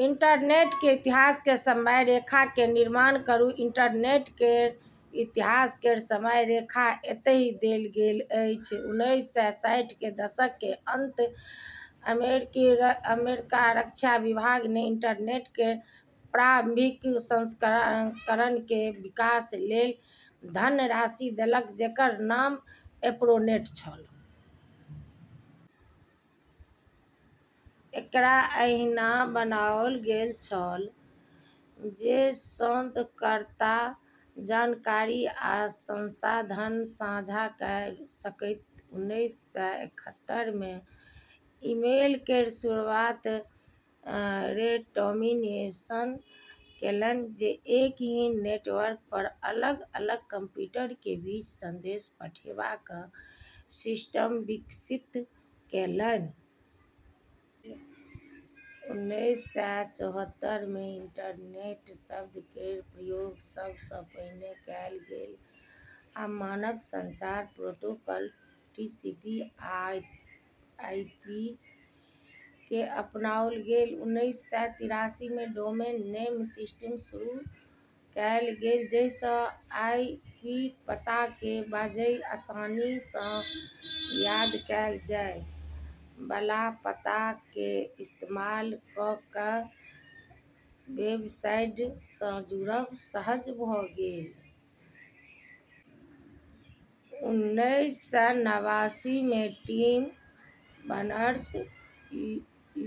Internet के इतिहास के समय रेखा के निर्माण करू। इंटरनेट केर इतिहास केर समय रेखा एतय देल गेल अछि। उन्नैस सय साठि के दशक के अंत अमेरिकी रक्षा विभाग ने इंटरनेट केर प्रारंभिक संस्करण के विकास लेल धनराशि देलक जेकर नाम एर्पानेट छल। एकरा एहिना बनाओल गेल छल जे शोधकर्ता जानकारी आ संसाधन साझा कऽ सकथि। उन्नैस सय इकहत्तर मे ईमेल केर शुरुआत रे टॉमलिनसन केलनि, जे एक ही नेटवर्क पर अलग अलग कंप्यूटर के बीच संदेश पठेबाक सिस्टम विकसित केलनि। उन्नैस सय चौहत्तर मे इंटरनेट शब्द केर प्रयोग सब सँ पहिने कएल गेल, आ मानक संचार प्रोटोकॉल टीसीपी आ आईपी केँ अपनाओल गेल। उन्नैस सय तिरासी मे डोमेन नेम सिस्टम शुरू कएल गेल, जाहि सँ आईपी पता के बजाय आसानी सँ याद कएल जाय वाला पता के इस्तेमाल कऽ कऽ वेबसाइट सँ जुड़ब सहज भऽ गेल। उन्नैस सय नवासी मे टिम बर्नर्स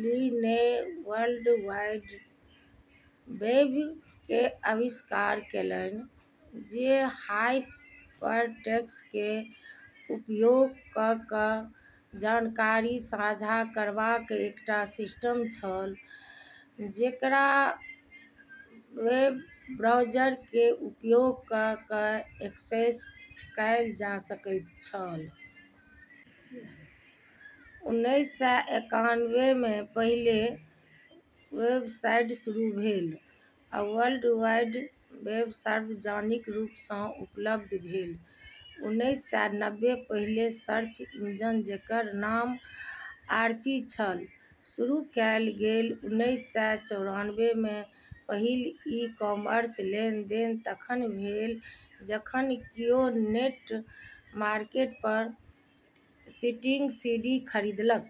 ली ने वर्ल्ड वाइड वेब के आविष्कार केलनि, जे हाइपरटेक्स्ट के उपयोग कऽ कऽ जानकारी साझा करबाक एकटा सिस्टम छल जेकरा वेब ब्राउज़र के उपयोग कऽ कऽ एक्सेस कएल जा सकैत छल। उन्नैस सय एकानबे मे पहिल वेबसाइट शुरू भेल, आ वर्ल्ड वाइड वेब सार्वजनिक रूप सँ उपलब्ध भेल। उन्नैस सय नब्बे पहिल सर्च इंजन, जेकर नाम आर्ची छल, शुरू कएल गेल। उन्नैस सय चौरानबे पहिल ई कॉमर्स लेनदेन तखन भेल जखन कियो नेटमार्केट पर स्टिंग सीडी खरीदलक।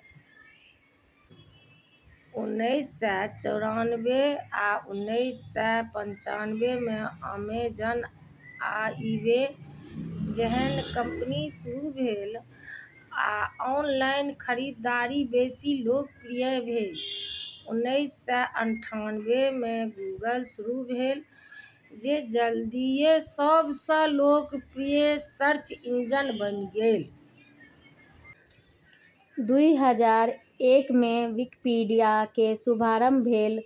उन्नैस सय चौरानबे आ उन्नैस सय पंचानबे मे अमेजन आ ईबे जेहन कंपनी शुरू भेल, आ ऑनलाइन खरीदारी बेसी लोकप्रिय भेल। उन्नैस सय अठानबे मे गूगल शुरू भेल, जे जल्दीए सब सँ लोकप्रिय सर्च इंजन बनि गेल। दुई हजार एक मे विकिपीडिया के शुभारंभ भेल,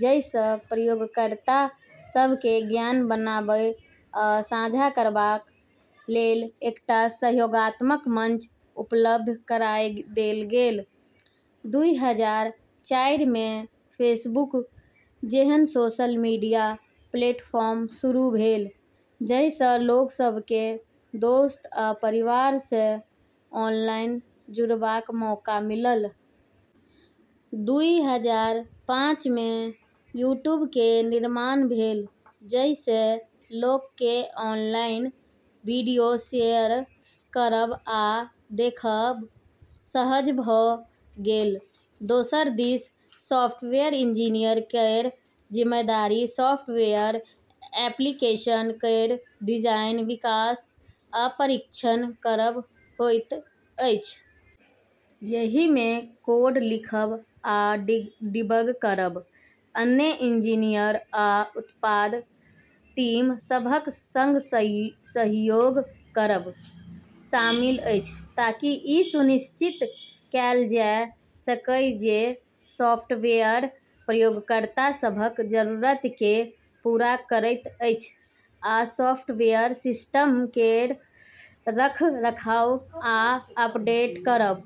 जाहि सँ प्रयोगकर्ता सभ केँ ज्ञान बनाबय आ साझा करबा लेल एकटा सहयोगात्मक मंच उपलब्ध कराए देल गेल। दुई हजार चारि मे फेसबुक जेहन सोशल मीडिया प्लेटफॉर्म शुरू भेल, जाहि सँ लोक सभ केँ दोस्त आ परिवार सँ ऑनलाइन जुड़बाक मौका मिलल। दुई हजार पाँच मे यूट्यूब के निर्माण भेल, जाहि सँ लोक के ऑनलाइन वीडियो शेयर करब आ देखब सहज भऽ गेल। दोसर दिस, सॉफ्टवेयर इंजीनियर केर जिम्मेदारी सॉफ्टवेयर एप्लीकेशन केर डिजाइन, विकास आ परीक्षण करब होइत अछि। एहि मे कोड लिखब आ डिबग करब, अन्य इंजीनियर आ उत्पाद टीम सभक संग सहयोग करब शामिल अछि ताकि ई सुनिश्चित कएल जा सकय जे सॉफ्टवेयर प्रयोगकर्ता सभक जरूरत केँ पूरा करैत अछि, आ सॉफ्टवेयर सिस्टम केर रख रखाव आ अपडेट करब।